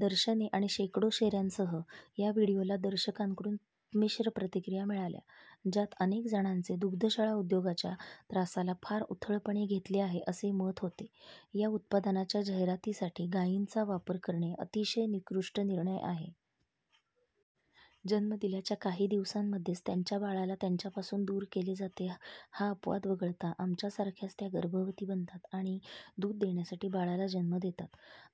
दर्शने आणि शेकडो शेऱ्यांसह, या व्हिडिओला दर्शकांकडून मिश्र प्रतिक्रिया मिळाल्या, ज्यात अनेक जणांचे दुग्धशाळा उद्योगाच्या "त्रासा"ला फार उथळपणे घेतले आहे असे मत होते. "या उत्पादनाच्या जाहिरातीसाठी गाईंचा वापर करणे अतिशय निकृष्ट निर्णय आहे. " जन्म दिल्याच्या काही दिवसांमध्येच त्यांच्या बाळाला त्यांच्या पासून दूर केले जाते हा अपवाद वगळता, आमच्या सारख्याच त्या गर्भवती बनतात आणि दूध देण्यासाठी बाळाला जन्म देतात,"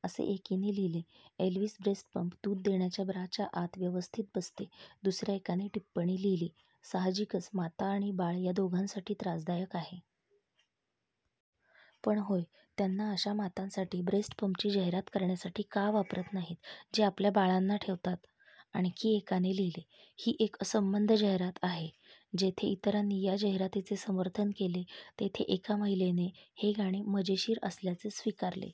असे एकीने लिहिले. एल्विस ब्रेस्ट पंप दूध देण्याच्या ब्राच्या आत व्यवस्थित बसते दुसऱ्या एकाने टिप्पणी लिहिली: "साहजिकच माता आणि बाळ या दोघांसाठी त्रासदायक आहे. पण होय, त्यांना अशा मातांसाठी ब्रेस्ट पंपची जाहिरात करण्यासाठी का वापरत नाहीत, जे आपल्या बाळांना ठेवतात? " आणखी एकाने लिहिले: "ही एक असंबद्ध जाहिरात आहे. " जेथे इतरांनी या जाहिरातीचे समर्थन केले, तेथे एका महिलेने हे गाणे "मजेशीर" असल्याचे स्वीकारले.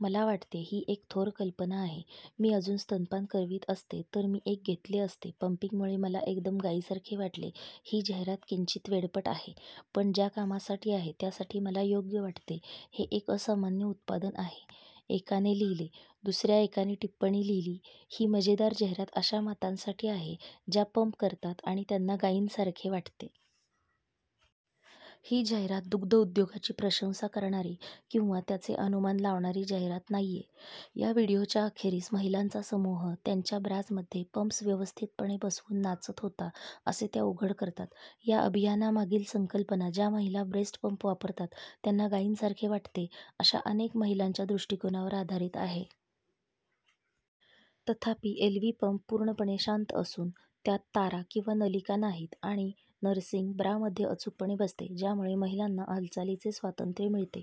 "मला वाटते ही एक थोर कल्पना आहे. मी अजून स्तनपान करवीत असते तर मी एक घेतले असते पंपिंगमुळे मला एकदम गाईसारखे वाटले ही जाहिरात किंचित वेडपट आहे पण ज्या कामासाठी आहे त्यासाठी मला योग्य वाटते हे एक असामान्य उत्पादन आहे," एकाने लिहिले दुसऱ्या एकाने टिप्पणी लिहिली: "ही मजेदार जाहिरात अशा मातांसाठी आहे ज्या पंप करतात आणि त्यांना गाईंसारखे वाटते. " ही जाहिरात दुग्ध उद्योगाची प्रशंसा करणारी किंवा त्याचे अनुमान लावणारी जाहिरात नाहीये. " या व्हिडिओच्या अखेरीस महिलांचा समूह त्यांच्या ब्राजमध्ये पंप्स व्यवस्थितपणे बसवून नाचत होता असे त्या उघड करतात. या अभियानामागील संकल्पना ज्या महिला ब्रेस्ट-पंप वापरतात त्यांना गाईंसारखे वाटते, अशा अनेक महिलांच्या दृष्टीकोनावर आधारित आहे. तथापि एल्वि पंप पूर्णपणे शांत असून, त्यात तारा किंवा नलिका नाहीत आणि नर्सिंग ब्रामध्ये अचूकपणे बसते, ज्यामुळे महिलांना हालचालीचे स्वातंत्र्य मिळते,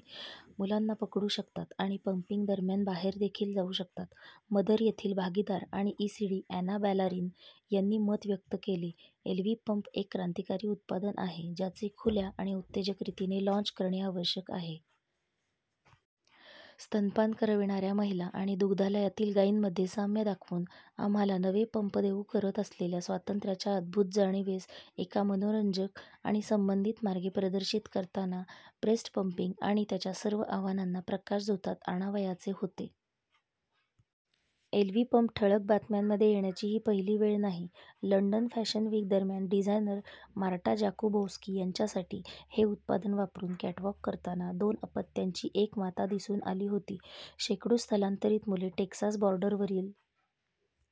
मुलांना पकडू शकतात आणि पंपिंगदरम्यान बाहेर देखील जाऊ शकतात. मदर येथील भागीदार आणि ईसीडी अॅना बॅलारिन यांनी मत व्यक्त केले: एल्वि पंप एक क्रांतिकारी उत्पादन आहे, ज्याचे खुल्या आणि उत्तेजक रीतीने लाँच करणे आवश्यक आहे. स्तनपान करविणाऱ्या महिला आणि दुग्धालयातील गाईंमध्ये साम्य दाखवून, आम्हाला नवे पंप देऊ करत असलेल्या स्वातंत्र्याच्या अद्भुत जाणीवेस, एका मनोरंजक आणि संबंधित मार्गे प्रदर्शित करताना, ब्रेस्ट पंपिंग आणि त्याच्या सर्व आव्हानांना प्रकाशझोतात आणावयाचे होते. एल्वि पंप ठळक बातम्यांमध्ये येण्याची ही पहिली वेळ नाही. लंडन फॅशन विकदरम्यान, डिझायनर मार्टा जाकुबोव्स्की यांच्यासाठी, हे उत्पादन वापरून कॅटवाक करताना दोन अपत्यांची एक माता दिसून आली होती. शेकडो स्थलांतरित मुले टेक्सास बॉर्डरवरील